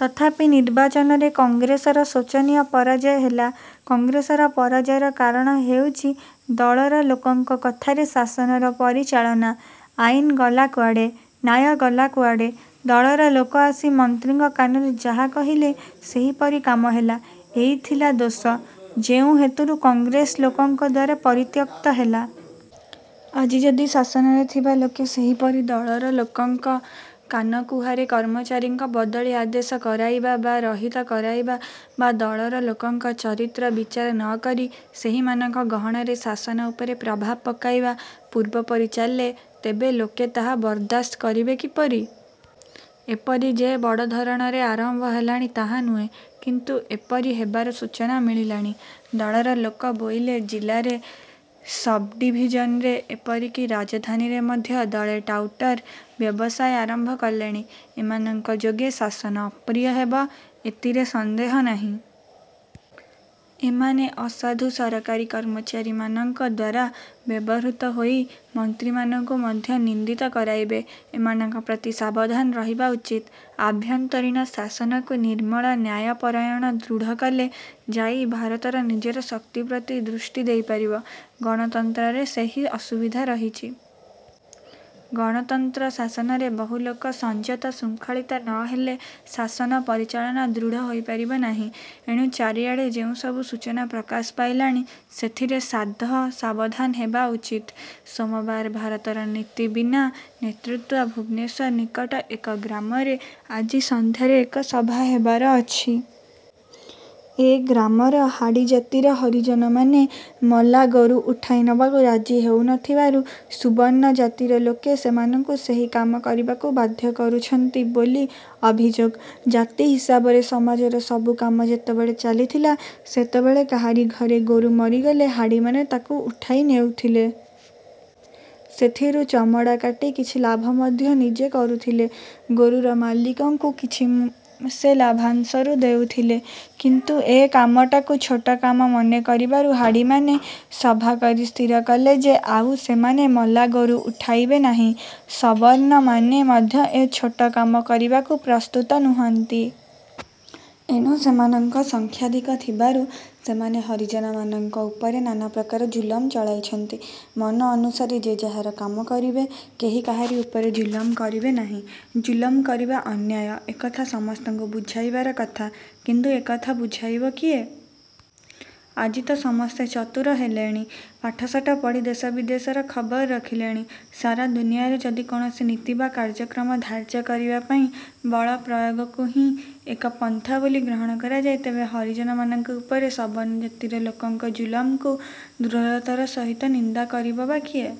ତଥାପି ନିର୍ବାଚନରେ କଂଗ୍ରେସର ଶୋଚନୀୟ ପରାଜୟ ହେଲା। କଂଗ୍ରେସର ପରାଜୟର କାରଣ ହେଉଚି, ଦଳର ଲୋକଙ୍କ କଥାରେ ଶାସନର ପରିଚାଳନା। ଆଇନ ଗଲା କୁଆଡ଼େ, ନ୍ୟାୟ ଗଲା କୁଆଡ଼େ, ଦଳର ଲୋକ ଆସି ମନ୍ତ୍ରୀଙ୍କ କାନରେ ଯାହା କହିଲେ, ସେହିପରି କାମ ହେଲା। ଏଇ ଥିଲା ଦୋଷ, ଯେଉଁ ହେତୁରୁ କଂଗ୍ରେସ ଲୋକଙ୍କଦ୍ୱାରା ପରିତ୍ୟକ୍ତ ହେଲା। ଆଜି ଯଦି ଶାସନରେ ଥିବା ଲୋକେ ସେହିପରି ଦଳର ଲୋକଙ୍କ କାନକୁହାରେ କର୍ମଚାରୀଙ୍କ ବଦଳି ଆଦେଶ କରାଇବା ବା ରହିତ କରାଇବା ବା ଦଳର ଲୋକଙ୍କ ଚରିତ୍ର ବିଚାର ନକରି ସେହିମାନଙ୍କ ଗହଣରେ ଶାସନ ଉପରେ ପ୍ରଭାବ ପକାଇବା ପୂର୍ବପରି ଚାଲେ, ତେବେ ଲୋକେ ତାହା ବରଦାସ୍ତ କରିବେ କିପରି? ଏପରି ଯେ ବଡ଼ ଧରଣରେ ଆରମ୍ଭ ହେଲାଣି ତାହା ନୁହେଁ; କିନ୍ତୁ ଏପରି ହେବାର ସୂଚନା ମିଳିଲାଣି। ଦଳର ଲୋକ ବୋଇଲେ ଜିଲାରେ ସବ୍ଡ଼ିଭିଜନରେ ଏପରିକି ରାଜଧାନୀରେ ମଧ୍ୟ ଦଳେ ଟାଉଟର ବ୍ୟବସାୟ ଆରମ୍ଭ କଲେଣି। ଏମାନଙ୍କ ଯୋଗେ ଶାସନ ଅପ୍ରିୟ ହେବ, ଏତିରେ ସନ୍ଦେହ ନାହିଁ। ଏମାନେ ଅସାଧୁ ସରକାରୀ କର୍ମଚାରୀମାନଙ୍କ ଦ୍ୱାରା ବ୍ୟବହୃତ ହୋଇ ମନ୍ତ୍ରୀମାନଙ୍କୁ ମଧ୍ୟ ନିନ୍ଦିତ କରାଇବେ। ଏମାନଙ୍କ ପ୍ରତି ସାବଧାନ ରହିବା ଉଚିତ। ଆଭ୍ୟନ୍ତରୀଣ ଶାସନକୁ ନିର୍ମଳ ନ୍ୟାୟପରାୟଣ ଦୃଢ଼ କଲେ ଯାଇ ଭାରତ ନିଜର ଶକ୍ତି ପ୍ରତି ଦୃଷ୍ଟି ଦେଇପାରିବ। ଗଣତନ୍ତ୍ରରେ ସେହି ଅସୁବିଧା ରହିଛି। ଗଣତନ୍ତ୍ର ଶାସନରେ ବହୁ ଲୋକ ସଂଯତ ଶୃଙ୍ଖଳିତ ନ ହେଲେ ଶାସନ ପରିଚାଳନା ଦୃଢ଼ ହୋଇପାରିବ ନାହିଁ। ଏଣୁ ଚାରିଆଡ଼େ ଯେଉଁ ସବୁ ସୂଚନା ପ୍ରକାଶ ପାଇଲାଣି, ସେଥିରେ ସାଧ ସାବଧାନ ହେବା ଉଚିତ। ସୋମବାର ଭାରତର ନୀତି ବିନା ନେତୃତ୍ୱ ଭୁବନେଶ୍ୱର ନିକଟ ଏକ ଗ୍ରାମରେ ଆଜି ସନ୍ଧ୍ୟାରେ ଏକ ସଭା ହେବାର ଅଛି। ଏ ଗ୍ରାମର ହାଡ଼ି ଜାତିର ହରିଜନମାନେ ମଲା ଗୋରୁ ଉଠାଇ ନେବାକୁ ରାଜି ହେଉ ନ ଥିବାରୁ ସୁବର୍ଣ୍ଣ ଜାତିର ଲୋକେ ସେମାନଙ୍କୁ ସେହି କାମ କରିବାକୁ ବାଧ୍ୟ କରୁଛନ୍ତି ବୋଲି ଅଭିଯୋଗ। ଜାତି ହିସାବରେ ସମାଜର ସବୁ କାମ ଯେତେବେଳେ ଚାଲିଥିଲା, ସେତେବେଳେ କାହାରି ଘରେ ଗୋରୁ ମରିଗଲେ, ହାଡ଼ିମାନେ ତାକୁ ଉଠାଇ ନେଉଥିଲେ। ସେଥିରୁ ଚମଡ଼ା କାଟି କିଛି ଲାଭ ମଧ୍ୟ ନିଜେ କରୁଥିଲେ। ଗୋରୁର ମାଲିକଙ୍କୁ ମଧ୍ୟ କିଛି ସେ ଲାଭାଂଶରୁ ଦେଉଥିଲେ; କିନ୍ତୁ ଏ କାମଟାକୁ ଛୋଟ କାମ ମନେ କରିବାରୁ ହାଡ଼ିମାନେ ସଭାକରି ସ୍ଥିରକଲେ ଯେ ଆଉ ସେମାନେ ମଲା ଗୋରୁ ଉଠାଇବେ ନାହିଁ। ସବର୍ଣ୍ଣମାନେ ମଧ୍ୟ ଏ ଛୋଟ କାମ କରିବାକୁ ପ୍ରସ୍ତୁତ ନୁହନ୍ତି। ଏଣୁ ସେମାନଙ୍କ ସଂଖ୍ୟାଧିକ ଥିବାରୁ ସେମାନେ ହରିଜନମାନଙ୍କ ଉପରେ ନାନା ପ୍ରକାର ଜୁଲମ ଚଳାଇଛନ୍ତି। ମନ ଅନୁସାରେ ଯେ ଯାହାର କାମ କରିବେ, କେହି କାହାରି ଉପରେ ଜୁଲମ କରିବେ ନାହିଁ, ଜୁଲମ କରିବା ଅନ୍ୟାୟ ଏ କଥା ସମସ୍ତଙ୍କୁ ବୁଝାଇବାର କଥା, କିନ୍ତୁ ଏ କଥା ବୁଝାଇବ କିଏ? ଆଜି ତ ସମସ୍ତେ ଚତୁର ହେଲେଣି, ପାଠଶାଠ ପଢ଼ି ଦେଶ ବିଦେଶର ଖବର ରଖିଲେଣି। ସାରା ଦୁନିଆରେ ଯଦି କୌଣସି ନୀତି ବା କାର୍ଯ୍ୟକ୍ରମ ଧାର୍ଯ୍ୟ କରିବାପାଇଁ ବଳ ପ୍ରୟୋଗକୁ ହିଁ ଏକ ପନ୍ଥା ବୋଲି ଗ୍ରହଣ କରାଯାଏ, ତେବେ ହରିଜନମାନଙ୍କ ଉପରେ ସବର୍ଣ୍ଣ ଜାତିର ଲୋକଙ୍କ ଜୁଲମକୁ ଦୃଢ଼ତାର ସହିତ ନିନ୍ଦା କରିବ ବା କିଏ?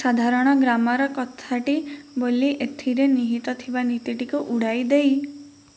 ସାଧାରଣ ଗ୍ରାମର କଥାଟି ବୋଲି ଏଥିରେ ନିହିତ ଥିବା ନୀତିଟିକୁ ଉଡ଼ାଇ ଦେଇ